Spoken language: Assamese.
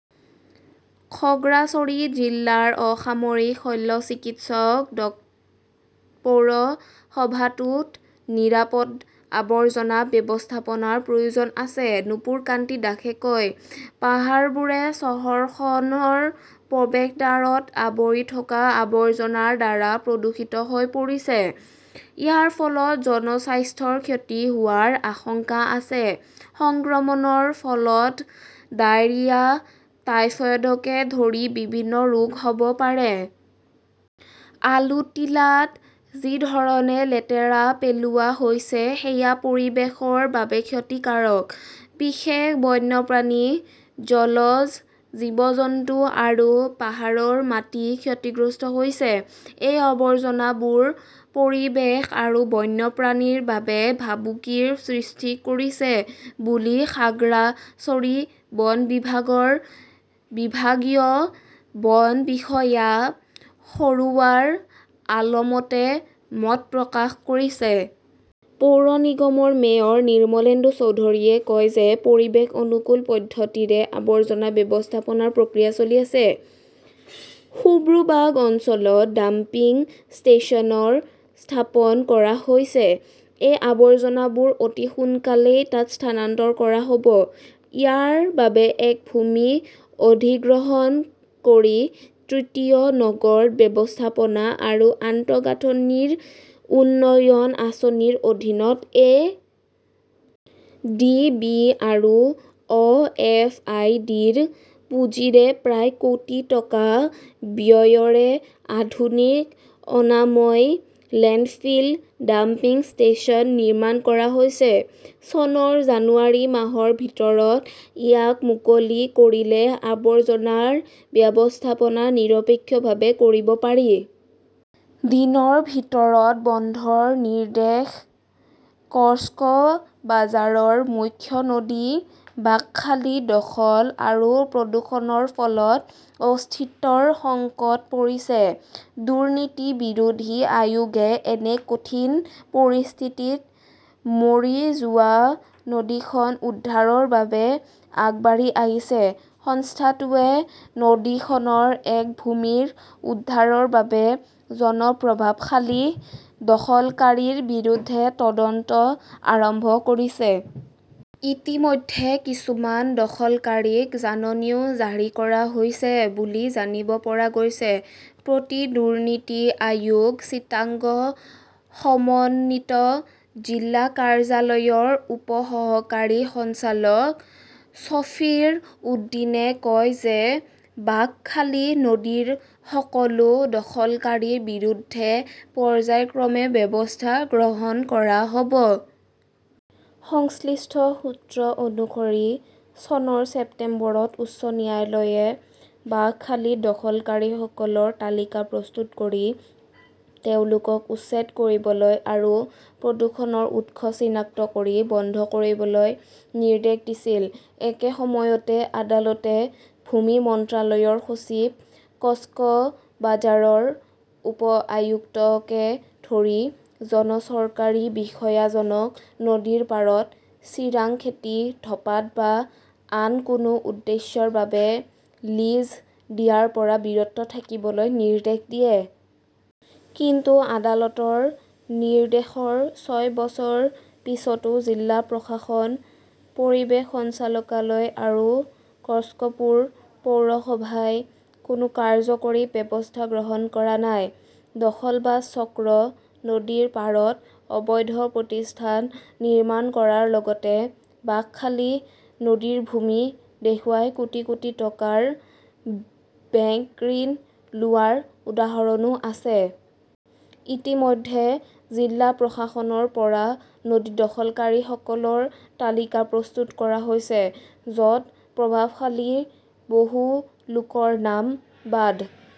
খগ্ৰাচৰী জিলাৰ অসামৰিক শল্যচিকিৎসক ড। "পৌৰসভাটোত নিৰাপদ আৱৰ্জনা ব্যৱস্থাপনাৰ প্ৰয়োজন আছে", নুপুৰ কান্তি দাসে কয়। পাহাৰবোৰে চহৰখনৰ প্ৰৱেশদ্বাৰত আৱৰি থকা আৱৰ্জনাৰ দ্বাৰা প্ৰদূষিত হৈ পৰিছে। ইয়াৰ ফলত জনস্বাস্থ্যৰ ক্ষতি হোৱাৰ আশংকা আছে। সংক্ৰমণৰ ফলত ডায়েৰিয়া, টাইফয়েডকে ধৰি বিভিন্ন ৰোগ হ "ব পাৰে। 'আলুট্টিলাত যি ধৰণে লেতেৰা পেলোৱা হৈছে সেয়া পৰিৱেশৰ বাবে ক্ষতিকাৰক। বিশেষ বন্যপ্ৰাণী, জলজ জীৱ-জন্তু আৰু পাহাৰৰ মাটি ক্ষতিগ্ৰস্ত হৈছে। এই আৱৰ্জনাবোৰ পৰিৱেশ আৰু বন্যপ্ৰাণীৰ বাবে ভাবুকিৰ সৃষ্টি কৰিছে বুলি খাগ্ৰাচৰী বন বিভাগৰ বিভাগীয় বন বিষয়া সৰোৱাৰ আলমে মত প্ৰকাশ কৰিছে। পৌৰ নিগমৰ মেয়ৰ নিৰ্মলেন্দু চৌধুৰীয়ে কয় যে পৰিৱেশ অনুকূল পদ্ধতিৰে আৱৰ্জনা ব্যৱস্থাপনাৰ প্ৰক্ৰিয়া চলি আছে। "সুব্ৰুবাগ অঞ্চলত ডাম্পিং ষ্টেচন স্থাপন কৰা হৈছে, এই আৱৰ্জনাবোৰ অতি সোনকালেই তাত স্থানান্তৰ কৰা হ" ব। ইয়াৰ বাবে একৰ ভূমি অধিগ্ৰহণ কৰি তৃতীয় নগৰ ব্যৱস্থাপনা আৰু আন্তঃগাঁথনি উন্নয়ন আঁচনিৰ অধীনত এ. ডি. বি. আৰু অ ". এফ. আই. ডি. -ৰ পুঁজিৰে প্ৰায় কোটি টকা ব্যয়েৰে আধুনিক অনাময় লেণ্ডফিল ডাম্পিং ষ্টেচন নিৰ্মাণ কৰা হৈছে। চনৰ জানুৱাৰী মাহৰ ভিতৰত ইয়াক মুকলি কৰিলে আৱৰ্জনাৰ ব্যৱস্থাপনা নিৰপেক্ষভাৱে কৰিব পাৰি। "। দিনৰ ভিতৰত বন্ধৰ নিৰ্দেশ কক্সবাজাৰৰ মুখ্য নদী বাঁকখালী দখল আৰু প্ৰদূষণৰ ফলত অস্তিত্বৰ সংকটত পৰিছে। দুৰ্নীতি বিৰোধী আয়োগে এনে কঠিন পৰিস্থিতিত মৰি যোৱা নদীখন উদ্ধাৰৰ বাবে আগবাঢ়ি আহিছে। সংস্থাটোৱে নদীখনৰ একৰ ভূমি উদ্ধাৰৰ বাবে জন প্ৰভাৱশালী দখলকাৰীৰ বিৰুদ্ধে তদন্ত আৰম্ভ কৰিছে। ইতিমধ্যে কিছুমান দখলকাৰীক জাননীও জাৰি কৰা হৈছে বুলি জানিব পৰা গৈছে। প্ৰতি-দুৰ্নীতি আয়োগ চিটাগং সমন্বিত জিলা কাৰ্যালয়- -ৰ উপ সহকাৰী সঞ্চালক শ্বৰিফ উদ্দীনে কয় যে বাঁকখালী নদীৰ সকলো দখলকাৰীৰ বিৰুদ্ধে পৰ্য্যায়ক্ৰমে ব্যৱস্থা গ্ৰহণ কৰা হ 'ব। সংশ্লিষ্ট সূত্ৰ অনুসৰি, চনৰ ছেপ্টেম্বৰত উচ্চ ন্যায়ালয়ে বাঁকখালী দখলকাৰীসকলৰ তালিকা প্ৰস্তুত কৰি তেওঁলোকক উচ্ছেদ কৰিবলৈ আৰু প্ৰদূষণৰ উৎস চিনাক্ত কৰি বন্ধ কৰিবলৈ নিৰ্দেশ দিছিল। একে সময়তে আদালতে ভূমি মন্ত্ৰালয়ৰ সচিব, কক্সবাজাৰৰ উপ-আয়ুক্তকে ধৰি জন চৰকাৰী বিষয়াজনক নদীৰ পাৰত চিংৰা খেতি, ধঁপাত বা আন কোনো উদ্দেশ্যৰ বাবে লিজ দিয়াৰ পৰা বিৰত থাকিবলৈ নিৰ্দেশ দিয়ে। কিন্তু আদালতৰ নিৰ্দেশৰ ছয় বছৰৰ পিছতো জিলা প্ৰশাসন, পৰিৱেশ সঞ্চালকালয় বা কক্সপুৰ পৌৰসভাই কোনো কাৰ্যকৰী ব্যৱস্থা গ্ৰহণ কৰা নাই। দখলবাজ চক্ৰ নদীৰ পাৰত অবৈধ প্ৰতিষ্ঠান নিৰ্মাণ কৰাৰ লগতে বাঁকখালী নদীৰ ভূমি দেখুৱাই কোটি কোটি টকাৰ বেংক ঋণ লোৱাৰ উদাহৰণো আছে। ইতিমধ্যে জিলা প্ৰশাসনৰ পৰা নদী দখলকাৰীসকলৰ তালিকা প্ৰস্তুত কৰা হৈছে য "ত প্ৰভাৱশালী বহু লোকৰ নাম বাদ